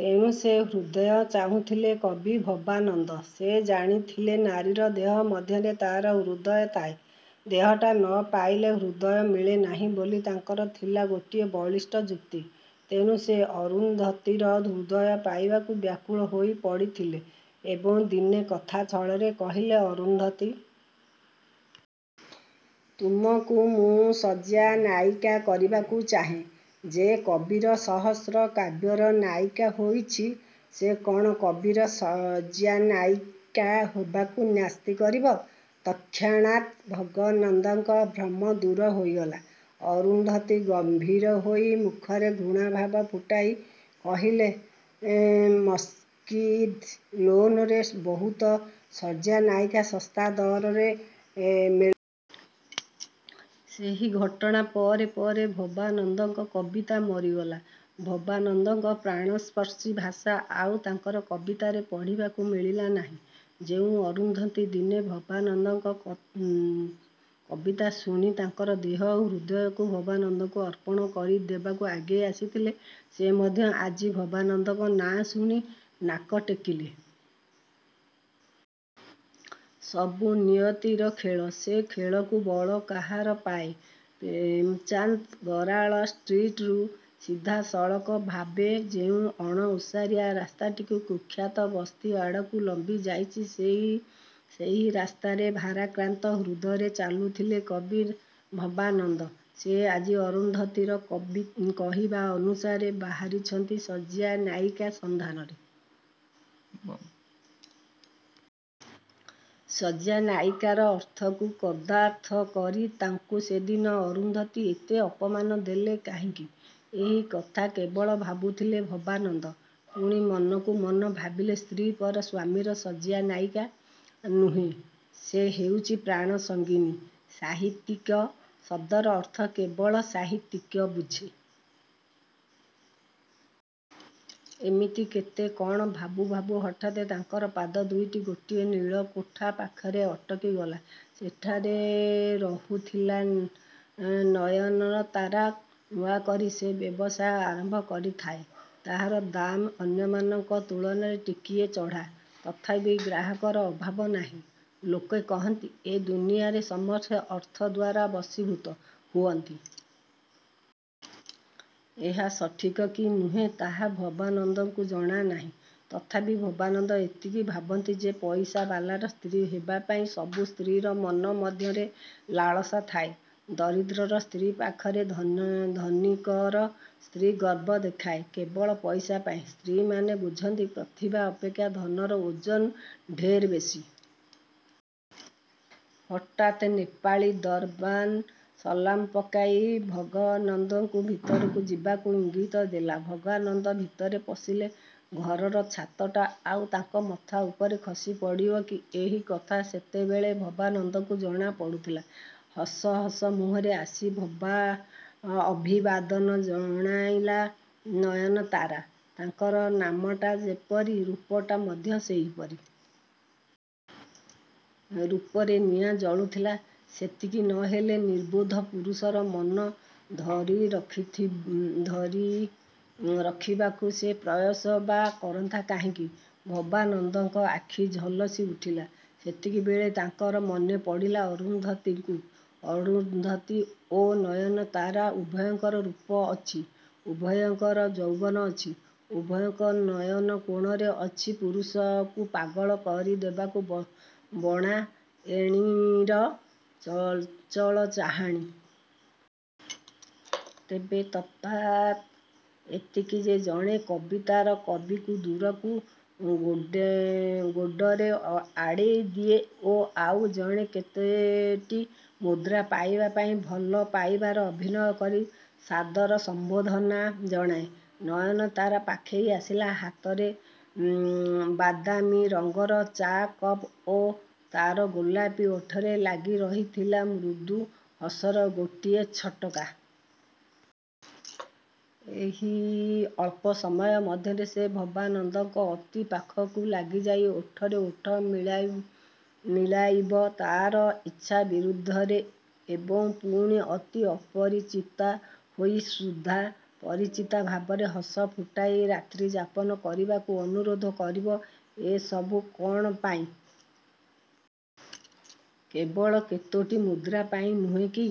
ତେଣୁ ସେହି ହୃଦୟ ଚାହୁଁଥିଲେ କବି ଭବାନନ୍ଦ। ସେ ଜାଣିଥିଲେ ନାରୀର ଦେହ ମଧ୍ୟରେ ତା'ର ହୃଦୟ ଥାଏ। ଦେହଟା ନ ପାଇଲେ ହୃଦୟ ମିଳେନାହିଁ ବୋଲି ତାଙ୍କର ଥିଲା ଗୋଟିଏ ବଳିଷ୍ଠ ଯୁକ୍ତି। ତେଣୁ ସେ ଅରୁନ୍ଧୁତୀର ହୃଦୟ ପାଇବାକୁ ବ୍ୟାକୁଳ ହୋଇପଡ଼ିଥିଲେ ଏବଂ ଦିନେ କଥା ଛଳରେ କହିଲେ, ''ଅରୁନ୍ଧୁତୀ! ତୁମକୁ ମୁଁ ଶଯ୍ୟାନାୟିକା କରିବାକୁ ଚାହେଁ। ଯେ କବିର ସହସ୍ର କାବ୍ୟର ନାୟିକା ହୋଇଛି ସେ କ'ଣ କବିର ଶଯ୍ୟାନାୟିକା ହେବାକୁ ନାସ୍ତି କରିବ? '' ତତ୍କ୍ଷଣାତ ଭବାନନ୍ଦଙ୍କ ଭ୍ରମ ଦୂର ହୋଇଗଲା। ଅରୁନ୍ଧୁତୀ ଗମ୍ଭୀର ହୋଇ ମୁଖରେ ଘୃଣାଭାବ ଫୁଟାଇ କହିଲେ, ''ମସ୍ଜିଦ୍ ଲେନରେ ବହୁତ ଶଯ୍ୟାନାୟିକା ଶସ୍ତା ଦରରେ ମିଳନ୍ତି। '' ସେହି ଘଟଣା ପରେ ପରେ ଭବାନନ୍ଦଙ୍କ କବିତା ମରିଗଲା। ଭବାନନ୍ଦଙ୍କ ପ୍ରାଣସ୍ପର୍ଶୀ ଭାଷା ଆଉ ତାଙ୍କର କବିତାରେ ପଢ଼ିବାକୁ ମିଳିଲା ନାହିଁ। ଯେଉଁ ଅରୁନ୍ଧୁତୀ ଦିନେ ଭବାନନ୍ଦଙ୍କ କବିତା ଶୁଣି ତାଙ୍କର ଦେହ ଓ ହୃଦୟକୁ ଭବାନନ୍ଦକୁ ଅର୍ପଣ କରିଦେବାକୁ ଆଗେଇ ଆସିଥିଲେ ସେ ମଧ୍ୟ ଆଜି ଭବାନନ୍ଦଙ୍କ ନାଁ ଶୁଣି ନାକ ଟେକିଲେ। ସବୁ ନିୟତିର ଖେଳ। ସେ ଖେଳକୁ ବଳ କାହାର ପାଏ। ପ୍ରେମଚାନ୍ଦ ବରାଳ ଷ୍ଟ୍ରୀଟରୁ ସିଧାସଳଖ ଭାବେ ଯେଉଁ ଅଣଓସାରିଆ ରାସ୍ତାଟି କୁଖ୍ୟାତ ବସ୍ତି ଆଡ଼କୁ ଲମ୍ବିଯାଇଛି ସେହି ରାସ୍ତାରେ ଭାରାକ୍ରାନ୍ତ ହୃଦୟରେ ଚାଲୁଥିଲେ କବି ଭବାନନ୍ଦ। ସେ ଆଜି ଅରୁନ୍ଧୁତୀର କହିବା ଅନୁସାରେ ବାହାରିଛନ୍ତି ଶଯ୍ୟାନାୟିକା ସନ୍ଧାନରେ। ଶଯ୍ୟାନାୟିକାର ଅର୍ଥକୁ କଦର୍ଥ କରି ତାଙ୍କୁ ସେଦିନ ଅରୁନ୍ଧୁତୀ ଏତେ ଅପମାନ ଦେଲେ କାହିଁକି, ଏହି କଥା କେବଳ ଭାବୁଥିଲେ ଭବାନନ୍ଦ। ପୁଣି ମନକୁ ମନ ଭାବିଲେ ସ୍ତ୍ରୀ ପରା ସ୍ୱାମୀର ଶଯ୍ୟାନାୟିକା ନୁହେଁ। ସେ ହେଉଛି ପ୍ରାଣସଙ୍ଗିନୀ। ସାହିତ୍ୟିକ ଶବ୍ଦର ଅର୍ଥ କେବଳ ସାହିତ୍ୟିକ ବୁଝେ। ଏମିତି କେତେ କ'ଣ ଭାବୁ ଭାବୁ ହଠାତ୍ ତାଙ୍କର ପାଦ ଦୁଇଟି ଗୋଟିଏ ନୀଳକୋଠା ପାଖରେ ଅଟକିଗଲା। ସେଠାରେ ରହୁଥିଲା ନୟନତାରା। ନୂଆକରି ସେ ବ୍ୟବସାୟ ଆରମ୍ଭ କରିଥାଏ। ତାହାର ଦାମ ଅନ୍ୟମାନଙ୍କ ତୁଳନାରେ ଟିକିଏ ଚଢ଼ା। ତଥାପି ଗ୍ରାହକର ଅଭାବ ନାହିଁ। ଲୋକେ କହନ୍ତି ଏ ଦୁନିଆରେ ସମସ୍ତେ ଅର୍ଥଦ୍ୱାରା ବଶୀଭୂତ ହୁଅନ୍ତି। ଏହା ସଠିକ୍ କି ନୁହେଁ ତାହା ଭବାନନ୍ଦଙ୍କୁ ଜଣାନାହିଁ। ତଥାପି ଭବାନନ୍ଦ ଏତିକି ଜାଣନ୍ତି ଯେ ପଇସାବାଲାର ସ୍ତ୍ରୀ ହେବାପାଇଁ ସବୁ ସ୍ତ୍ରୀର ମନ ମଧ୍ୟରେ ଲାଲସା ଥାଏ। ଦରିଦ୍ରର ସ୍ତ୍ରୀ ପାଖରେ ଧନୀକର ସ୍ତ୍ରୀ ଗର୍ବ ଦେଖାଏ କେବଳ ପଇସା ପାଇଁ। ସ୍ତ୍ରୀମାନେ ବୁଝନ୍ତି ପ୍ରତିଭା ଅପେକ୍ଷା ଧନର ଓଜନ ଢେର ବେଶି-। ହଠାତ୍ ନେପାଳୀ ଦରବାନ୍ ସଲାମ ପକାଇ ଭବାନନ୍ଦଙ୍କୁ ଭିତରକୁ ଯିବାକୁ ଇଙ୍ଗିତ ଦେଲା। ଭବାନନ୍ଦ ଭିତରେ ପଶିଲେ। ଘରର ଛାତଟା ଆଉ ତାଙ୍କ ମଥା ଉପରେ ଖସିପଡ଼ିବକି ଏହି କଥା ସେତେବେଳେ ଭବାନନ୍ଦଙ୍କୁ ଜଣାପଡ଼ୁଥିଲା। ହସ ହସ ମୁଖରେ ଆସି ଅଭିବାଦନ। ଜଣାଇଲା ନୟନତାରା। ତାହାର ନାମଟା ଯେପରି, ରୂପଟା ମଧ୍ୟ ସେହିପରି। ରୂପରେ ନିଆଁ ଜଳୁଥିଲା। ସେତିକି ନ ହେଲେ ନିର୍ବୋଧ ପୁରୁଷର ମନ ଧରିରଖିବାକୁ ସେ ପ୍ରୟାସ ବା କରନ୍ତା କାହିଁକି? ଭବାନନ୍ଦଙ୍କ ଆଖି ଝଲସିଉଠିଲା। ସେତିକିବେଳେ ତାଙ୍କର ମନେପଡ଼ିଲା ଅରୁନ୍ଧୁତୀକୁ। ଅରୁନ୍ଧୁତୀ ଓ ନୟନତାରା ଉଭୟଙ୍କର ରୂପ ଅଛି। ଉଭୟଙ୍କର ଯୌବନ ଅଛି। ଉଭୟଙ୍କ ନୟନ କୋଣରେ ଅଛି ପୁରୁଷକୁ ପାଗଳ କରିଦେବାକୁ ବଣା ଏଣୀର ଚଞ୍ଚଳ ଚାହାଣି। ତେବେ ତଫାତ୍ ଏତିକି ଯେ ଜଣେ କବିତାର କବିକୁ ଦୂରକୁ ଗୋଡ଼ରେ ଆଡ଼େଇ ଦିଏ ଓ ଆଉ ଜଣେ କେତୋଟି ମୁଦ୍ରା ପାଇବା ପାଇଁ ଭଲ ପାଇବାର ଅଭିନୟ କରି ସାଦର ସମ୍ବର୍ଦ୍ଧନା ଜଣାଏ। ନୟନତାରା ପାଖେଇ ଆସିଲା। ହାତରେ ବାଦାମୀରଙ୍ଗର ଚା' କପ୍ ଓ ତା'ର ଗୋଲାପି ଓଠରେ ଲାଗିରହିଥିଲା ମୃଦୁ ହସର ଗୋଟିଏ ଛିଟିକା। ଏହି ଅଳ୍ପ ସମୟ ମଧ୍ୟରେ ସେ ଭବାନନ୍ଦଙ୍କ ଅତି ପାଖକୁ ଲାଗିଯାଇ ଓଠରେ ଓଠ ମିଳାଇବ ତା'ର ଇଚ୍ଛା ବିରୁଦ୍ଧରେ ଏବଂ ପୁଣି ଅତି ଅପରିଚିତା ହୋଇ ସୁଦ୍ଧା ପରିଚିତା ଭାବରେ ହସ ଫୁଟାଇ ରାତ୍ରିଯାପନ କରିବାକୁ ଅନୁରୋଧ କରିବ। ଏ ସବୁ କ'ଣ ପାଇଁ? କେବଳ କେତୋଟି ମୁଦ୍ରା ପାଇଁ ନୁହେଁ କି?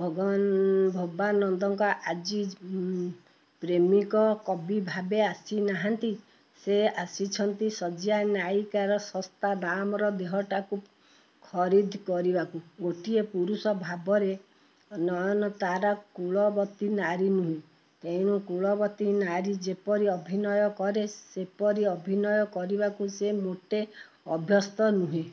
ଭବାନନ୍ଦ ଆଜି ପ୍ରେମିକ କବି ଭାବେ ଆସିନାହାନ୍ତି। ସେ ଆସିଛନ୍ତି, ଶଯ୍ୟାନାୟିକାର ଶସ୍ତା ଦାମର ଦେହଟାକୁ ଖରିଦ କରିବାକୁ ଗୋଟିଏ ପୁରୁଷ ଭାବରେ। ନୟନତାରା କୁଳବତୀ ନାରୀ ନୁହେଁ। ତେଣୁ କୁଳବତୀ ନାରୀ ଯେପରି ଅଭିନୟ କରେ ସେପରି ଅଭିନୟ କରିବାକୁ ସେ ମୋଟେ ଅଭ୍ୟସ୍ତ ନୁହେଁ।